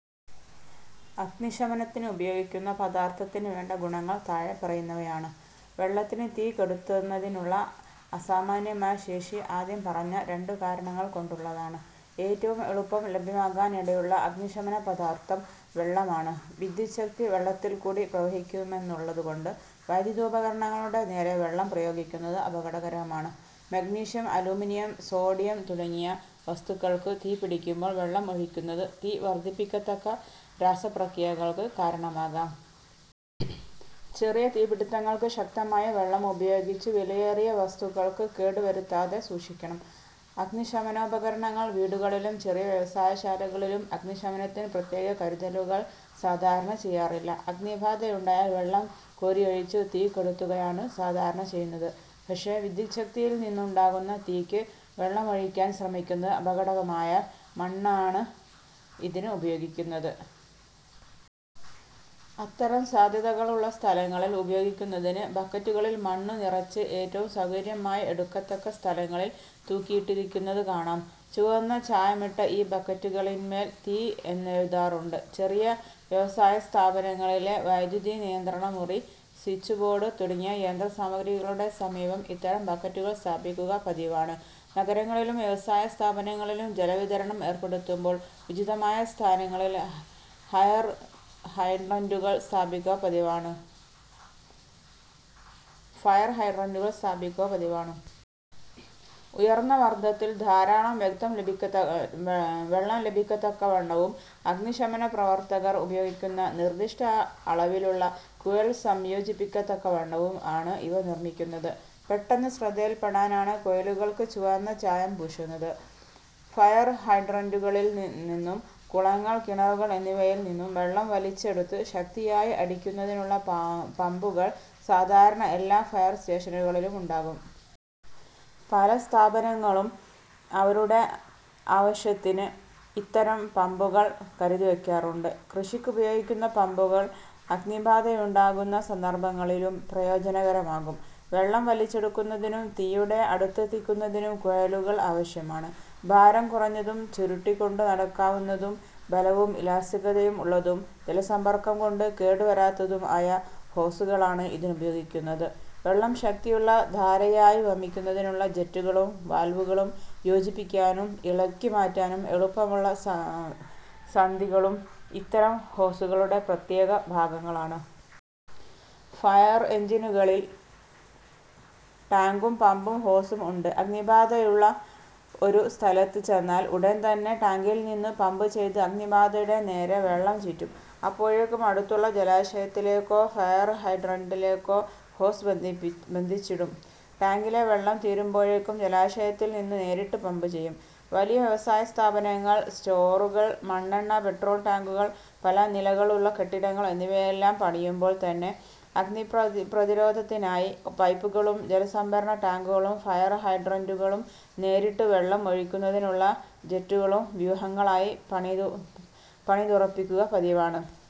അഗ്നി ശമനത്തിന് ഉപയോഗിക്കുന്ന പദാർഥത്തിന് വേണ്ട ഗുണങ്ങൾ താഴെ പറയുന്നവയാണ്: വെള്ളത്തിന് തീ കെടുത്തുന്നതിനുള്ള അസാമാന്യമായ ശേഷി ആദ്യം പറഞ്ഞ രണ്ടു കാരണങ്ങൾകൊണ്ടുള്ളതാണ്. ഏറ്റവും എളുപ്പം ലഭ്യമാകാനിടയുള്ള അഗ്നിശമനപദാർഥം വെള്ളമാണ്. വിദ്യുച്ഛക്തി വെള്ളത്തിൽക്കൂടി പ്രവഹിക്കുമെന്നുള്ളതുകൊണ്ട് വൈദ്യുതോപകരണങ്ങളുടെ നേരെ വെള്ളം പ്രയോഗിക്കുന്നത് അപകടകരമാണ്. മഗ്നീഷ്യം, അലൂമിനിയം, സോഡിയം തുടങ്ങിയ വസ്തുക്കൾക്കു തീ പിടിക്കുമ്പോൾ വെള്ളം ഒഴിക്കുന്നത് തീ വർധിപ്പിക്കത്തക്ക രാസപ്രക്രിയകൾക്ക് കാരണമാകാം. ചെറിയ തീപിടിത്തങ്ങൾക്ക് ശക്തമായ വെള്ളം ഉപയോഗിച്ചു വിലയേറിയ വസ്തുക്കൾക്കു കേടുവരുത്താതെ സൂക്ഷിക്കണം. അഗ്നിശമനോപകരണങ്ങൾ വീടുകളിലും ചെറിയ വ്യവസായശാലകളിലും അഗ്നിശമനത്തിനു പ്രത്യേക കരുതലുകൾ സാധാരണ ചെയ്യാറില്ല. അഗ്നിബാധയുണ്ടായാൽ വെള്ളം കോരിയൊഴിച്ചു തീ കെടുത്തുകയാണ് സാധാരണ ചെയ്യുന്നത്. പക്ഷേ വിദ്യുച്ഛക്തിയിൽനിന്നുണ്ടാകുന്ന തീയ്ക്ക് വെള്ളമൊഴിക്കാൻ ശ്രമിക്കുന്നത് അപകടമാകയാൽ മണ്ണാണ് ഇതിന് ഉപയോഗിക്കുന്നത്. അത്തരം സാധ്യതകളുള്ള സ്ഥലങ്ങളിൽ ഉപയോഗിക്കുന്നതിന് ബക്കറ്റുകളിൽ മണ്ണുനിറച്ച്, ഏറ്റവും സൗകര്യമായി എടുക്കത്തക്ക സ്ഥലങ്ങളിൽ, തൂക്കിയിട്ടിരിക്കുന്നത് കാണാം. ചുവന്ന ചായമിട്ട ഈ ബക്കറ്റുകളിൻമേൽ തീ എന്നെഴുതാറുണ്ട്. ചെറിയ വ്യവസായസ്ഥാപനങ്ങളിലെ വൈദ്യുതിനിയന്ത്രണമുറി, സ്വിച്ച് ബോർഡ് തുടങ്ങിയ യന്ത്രസാമഗ്രികളുടെ സമീപം ഇത്തരം ബക്കറ്റുകൾ സ്ഥാപിക്കുക പതിവാണ്. നഗരങ്ങളിലും വ്യവസായ സ്ഥാപനങ്ങളിലും ജലവിതരണം ഏർപ്പെടുത്തുമ്പോൾ ഉചിതമായ സ്ഥാനങ്ങളിൽ ഫയർ ഹൈഡ്രന്റുകൾ സ്ഥാപിക്കുക പതിവാണ്. ഉയർന്ന മർദത്തിൽ ധാരാളം വെള്ളം ലഭിക്കത്തക്കവണ്ണവും അഗ്നിശമനപ്രവർത്തകർ ഉപയോഗിക്കുന്ന നിർദിഷ്ട അളവിലുള്ള കുഴൽ സംയോജിപ്പിക്കത്തക്കവണ്ണവും ആണ് ഇവ നിർമ്മിക്കുന്നത്. പെട്ടെന്നു ശ്രദ്ധയിൽപെടാനാണ് കുഴലുകൾക്കു ചുവന്ന ചായം പൂശുന്നത്. ഫയർ ഹൈഡ്രന്റുകളിൽനിന്നും, കുളങ്ങൾ, കിണറുകൾ എന്നിവയിൽനിന്നും വെള്ളം വലിച്ചെടുത്ത് ശക്തിയായി അടിക്കുന്നതിനുള്ള പമ്പുകൾ സാധാരണ എല്ലാ ഫയർ സ്റ്റേഷനുകളിലും ഉണ്ടാകും. പല സ്ഥാപനങ്ങളും അവരുടെ ആവശ്യത്തിന് ഇത്തരം പമ്പുകൾ കരുതിവയ്ക്കാറുണ്ട്. കൃഷിക്കുപയോഗിക്കുന്ന പമ്പുകൾ അഗ്നിബാധയുണ്ടാകുന്ന സന്ദർഭങ്ങളിലും പ്രയോജനകരമാകും. വെള്ളം വലിച്ചെടുക്കുന്നതിനും തീയുടെ അടുത്തെത്തിക്കുന്നതിനും കുഴലുകൾ ആവശ്യമാണ്. ഭാരം കുറഞ്ഞതും ചുരുട്ടിക്കൊണ്ടു നടക്കാവുന്നതും ബലവും ഇലാസ്തികതയും ഉള്ളതും ജലസമ്പർക്കംകൊണ്ട് കേടുവരാത്തതും ആയ ഹോസുകളാണ് ഇതിനുപയോഗിക്കുന്നത്. വെള്ളം ശക്തിയുള്ള ധാരയായി വമിക്കുന്നതിനുള്ള ജെറ്റുകളും വാൽവുകളും, യോജിപ്പിക്കാനും ഇളക്കിമാറ്റാനും എളുപ്പമുള്ള സന്ധികളും ഇത്തരം ഹോസുകളുടെ പ്രത്യേകഭാഗങ്ങളാണ്. ഫയർ എൻജിനുകളിൽ ടാങ്കും പമ്പും ഹോസും ഉണ്ട്. അഗ്നിബാധയുള്ള ഒരു സ്ഥലത്ത് ചെന്നാൽ ഉടൻതന്നെ ടാങ്കിൽനിന്നു പമ്പുചെയ്ത് അഗ്നിബാധയുടെ നേരെ വെള്ളം ചീറ്റും. അപ്പോഴേക്കും അടുത്തുള്ള ജലാശയത്തിലേക്കോ ഫയർ ഹൈഡ്രന്റിലേക്കോ ഹോസ് ബന്ധിച്ചിടും. ടാങ്കിലെ വെള്ളം തീരുമ്പോഴേക്കും ജലാശയത്തിൽനിന്നു നേരിട്ട് പമ്പു ചെയ്യും. വലിയ വ്യവസായസ്ഥാപനങ്ങൾ, സ്റ്റോറുകൾ, മണ്ണെണ്ണ-പെട്രോൾടാങ്കുകൾ, പല നിലകളുള്ള കെട്ടിടങ്ങൾ എന്നിവയെല്ലാം പണിയുമ്പോൾ തന്നെ അഗ്നിപ്രതിരോധത്തിനായി പൈപ്പുകളും ജലസംഭരണ ടാങ്കുകളും ഫയർ ഹൈഡ്രന്റുകളും നേരിട്ട് വെള്ളം ഒഴിക്കുന്നതിനുള്ള ജെറ്റുകളും വ്യൂഹങ്ങളായി പണിതുറപ്പിക്കുക പതിവാണ്.